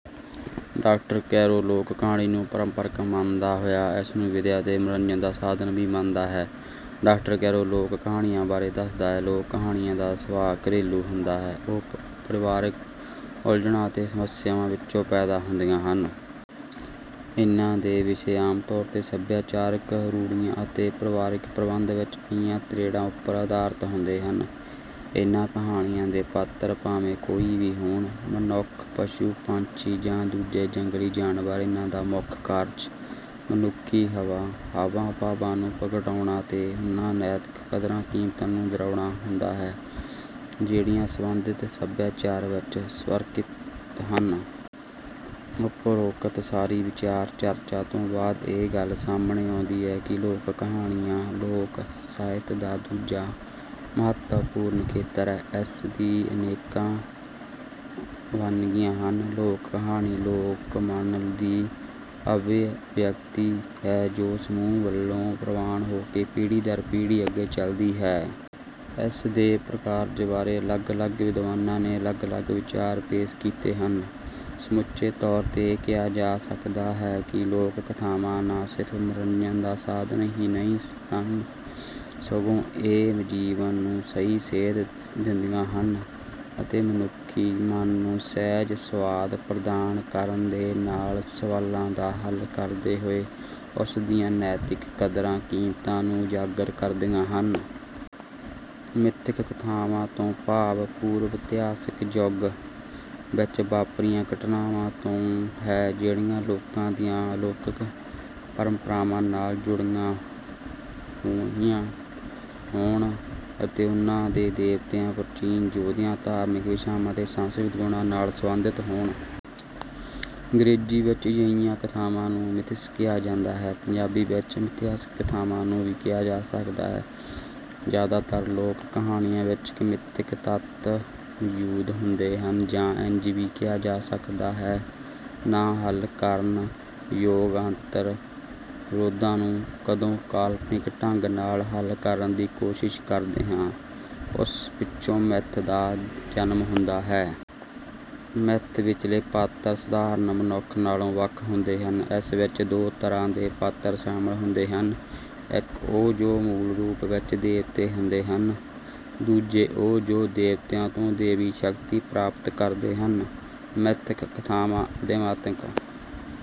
Doctor Kairon ਲੋਕ ਕਹਾਣੀ ਨੂੰ ਪਰੰਪਰਕ ਮੰਨਦਾ ਹੋਇਆ ਇਸਨੂੰ ਵਿਦਿਆ ਤੇ ਮਨੋਰੰਜਨ ਦਾ ਸਾਧਨ ਵੀ ਮੰਨਦਾ ਹੈ। ਡਾਕਟਰ ਕੈਰੋਂ ਲੋਕ ਕਹਾਣੀਆਂ ਬਾਰੇ ਦੱਸਦਾ ਹੈ ਲੋਕ ਕਹਾਣੀਆਂ ਦਾ ਸੁਭਾਅ ਘਰੇਲੂ ਹੁੰਦਾ ਹੈ ਉਹ ਪਰਿਵਾਰਕ ਉਲਝਣਾਂ ਅਤੇ ਸਮੱਸਿਆਵਾਂ ਵਿੱਚੋਂ ਪੈਦਾ ਹੁੰਦੀਆਂ ਹਨ। ਇਹਨਾਂ ਦੇ ਵਿਸ਼ੇ ਆਮ ਤੌਰ ਤੇ ਸੱਭਿਆਚਾਰਕ ਰੂੜ੍ਹੀਆਂ ਅਤੇ ਪਰਿਵਾਰਕ ਪ੍ਰਬੰਧ ਵਿੱਚ ਆਈਆਂ ਤ੍ਰੇੜਾਂ ਉੱਪਰ ਆਧਾਰਿਤ ਹੁੰਦੇ ਹਨ। ਇਹਨਾਂ ਕਹਾਣੀਆਂ ਦੇ ਪਾਤਰ ਭਾਵੇਂ ਕੋਈ ਵੀ ਹੋਣ ਮਨੁੱਖ ਪਸ਼ੂ ਪੰਛੀ ਜਾਂ ਦੂਜੇ ਜੰਗਲੀ ਜਾਨਵਰ ਇਹਨਾਂ ਦਾ ਮੁੱਖ ਕਾਰਜ ਮਨੁੱਖੀ ਹਾਵਾਂ ਭਾਵਾਂ ਨੂੰ ਪ੍ਰਗਟਾਉਣਾ ਤੇ ਉਹਨਾਂ ਨੈਤਿਕ ਕਦਰਾਂ ਕੀਮਤਾਂ ਨੂੰ ਦ੍ਰਿੜਾਉਣਾ ਹੁੰਦਾ ਹੈ ਜਿਹੜੀਆਂ ਸੰਬੰਧਿਤ ਸੱਭਿਆਚਾਰ ਵਿੱਚ ਸਵੀਕ੍ਰਿਤ ਹਨ। ਉੱਪਰੋਕਤ ਸਾਰੀ ਵਿਚਾਰ ਚਰਚਾ ਤੋਂ ਬਾਅਦ ਇਹ ਗੱਲ ਸਾਹਮਣੇ ਆਉਂਦੀ ਹੈ ਕਿ ਲੋਕ ਕਹਾਣੀਆਂ ਲੋਕ ਸਾਹਿਤ ਦਾ ਦੂਜਾ ਮਹੱਤਵਪੂਰਨ ਖੇਤਰ ਹੈ। ਇਸ ਦੀਆਂ ਅਨੇਕਾਂ ਵੰਨਗੀਆਂ ਹਨ। ਲੋਕ ਕਹਾਣੀ ਲੋਕਮਨ ਦੀ ਅਭਿਵਿਅਕਤੀ ਹੈ ਜੋ ਸਮੂਹ ਵੱਲੋਂ ਪ੍ਰਵਾਨ ਹੋ ਕੇ ਪੀੜ੍ਹੀ ਦਰ ਪੀੜ੍ਹੀ ਅੱਗੇ ਚਲਦੀ ਹੈ। ਇਸ ਦੇ ਪ੍ਰਕਾਰਜ ਬਾਰੇ ਅਲੱਗ ਅਲੱਗ ਵਿਦਵਾਨਾਂ ਨੇ ਅਲੱਗ ਅਲੱਗ ਵਿਚਾਰ ਪੇਸ਼ ਕੀਤੇ ਹਨ। ਸਮੁੱਚੇ ਤੌਰ ਤੇ ਇਹ ਕਿਹਾ ਜਾ ਸਕਦਾ ਹੈ ਕਿ ਲੋਕ ਕਥਾਵਾਂ ਨਾ ਸਿਰਫ਼ ਮਨੋਰੰਜਨ ਦਾ ਸਾਧਨ ਹੀ ਹਨ ਸਗੋਂ ਇਹ ਜੀਵਨ ਨੂੰ ਸਹੀ ਸੇਧ ਦਿੰਦੀਆਂ ਹਨ ਅਤੇ ਮਨੁੱਖੀ ਮਨ ਨੂੰ ਸਹਿਜ ਸੁਆਦ ਪ੍ਰਦਾਨ ਕਰਨ ਦੇ ਨਾਲ ਸਵਾਲਾਂ ਦਾ ਹੱਲ ਕਰਦੇ ਹੋਏ ਉਸ ਦੀਆਂ ਨੈਤਿਕ ਕਦਰਾਂ ਕੀਮਤਾਂ ਨੂੰ ਉਜਾਗਰ ਕਰਦੀਆਂ ਹਨ। ਮਿੱਥਕ ਕਥਾਵਾਂ ਤੋਂ ਭਾਵ ਪੂਰਵ ਇਤਿਹਾਸਿਕ ਯੁੱਗ ਵਿੱਚ ਵਾਪਰੀਆਂ ਘਟਨਾਵਾਂ ਤੋਂ ਹੈ ਜਿਹੜੀਆਂ ਲੋਕਾਂ ਦੀਆਂ ਅਲੌਕਿਕ ਪਰੰਪਰਾਵਾਂ ਨਾਲ ਜੁੜੀਆਂ ਹੋਣ ਅਤੇ ਉਹਨਾਂ ਦੇ ਦੇਵਤਿਆਂ ਪ੍ਰਾਚੀਨ ਯੋਧਿਆਂ ਧਾਰਮਿਕ ਵਿਸ਼ਵਾਸਾਂ ਅਤੇ ਸੰਸਕ੍ਰਿਤਕ ਗੁਣਾਂ ਨਾਲ ਸਬੰਧਿਤ ਹੋਣ। ਅੰਗਰੇਜ਼ੀ ਵਿੱਚ ਅਜਿਹੀਆਂ ਕਥਾਵਾਂ ਨੂੰ ਮਿਥਸ ਕਿਹਾ ਜਾਂਦਾ ਹੈ। ਪੰਜਾਬੀ ਵਿੱਚ ਮਿਥਿਹਾਸਕ ਕਥਾਵਾਂ ਵੀ ਕਿਹਾ ਜਾ ਸਕਦਾ ਹੈ। ਜ਼ਿਆਦਾਤਰ ਲੋਕ ਕਹਾਣੀਆਂ ਵਿੱਚ ਮਿੱਥਕ ਤੱਤ ਮੌਜੂਦ ਹੁੰਦੇ ਹਨ ਜਾਂ ਇੰਝ ਵੀ ਕਿਹਾ ਜਾ ਸਕਦਾ ਹੈ ਕਿ ਨਾ ਹੱਲ ਕਰਨ ਯੋਗ ਅੰਤਰ ਵਿਰੋਧਾਂ ਨੂੰ ਜਦੋਂ ਕਾਲਪਨਿਕ ਢੰਗ ਨਾਲ ਹੱਲ ਕਰਨ ਦੀ ਕੋਸ਼ਿਸ਼ ਕਰਦੇ ਹਾਂ ਉਸ ਵਿੱਚੋਂ ਮਿੱਥ ਦਾ ਜਨਮ ਹੁੰਦਾ ਹੈ। ਮਿੱਥ ਵਿੱਚਲੇ ਪਾਤਰ ਸਧਾਰਨ ਮਨੁੱਖ ਨਾਲੋਂ ਵੱਖ ਹੁੰਦੇ ਹਨ। ਇਸ ਵਿੱਚ ਦੋ ਤਰ੍ਹਾਂ ਦੇ ਪਾਤਰ ਸ਼ਾਮਿਲ ਹੁੰਦੇ ਹਨ। ਇੱਕ ਉਹ ਜੋ ਮੂਲ ਰੂਪ ਵਿੱਚ ਦੇਵਤੇ ਹੁੰਦੇ ਹਨ। ਦੂਜੇ ਉਹ ਜੋ ਦੇਵਤਿਆਂ ਤੋਂ ਦੇਵੀ ਸ਼ਕਤੀ ਪ੍ਰਾਪਤ ਕਰਦੇ ਹਨ। ਮਿੱਥ ਕਥਾਵਾਂ ਅਧਿਆਤਮਕ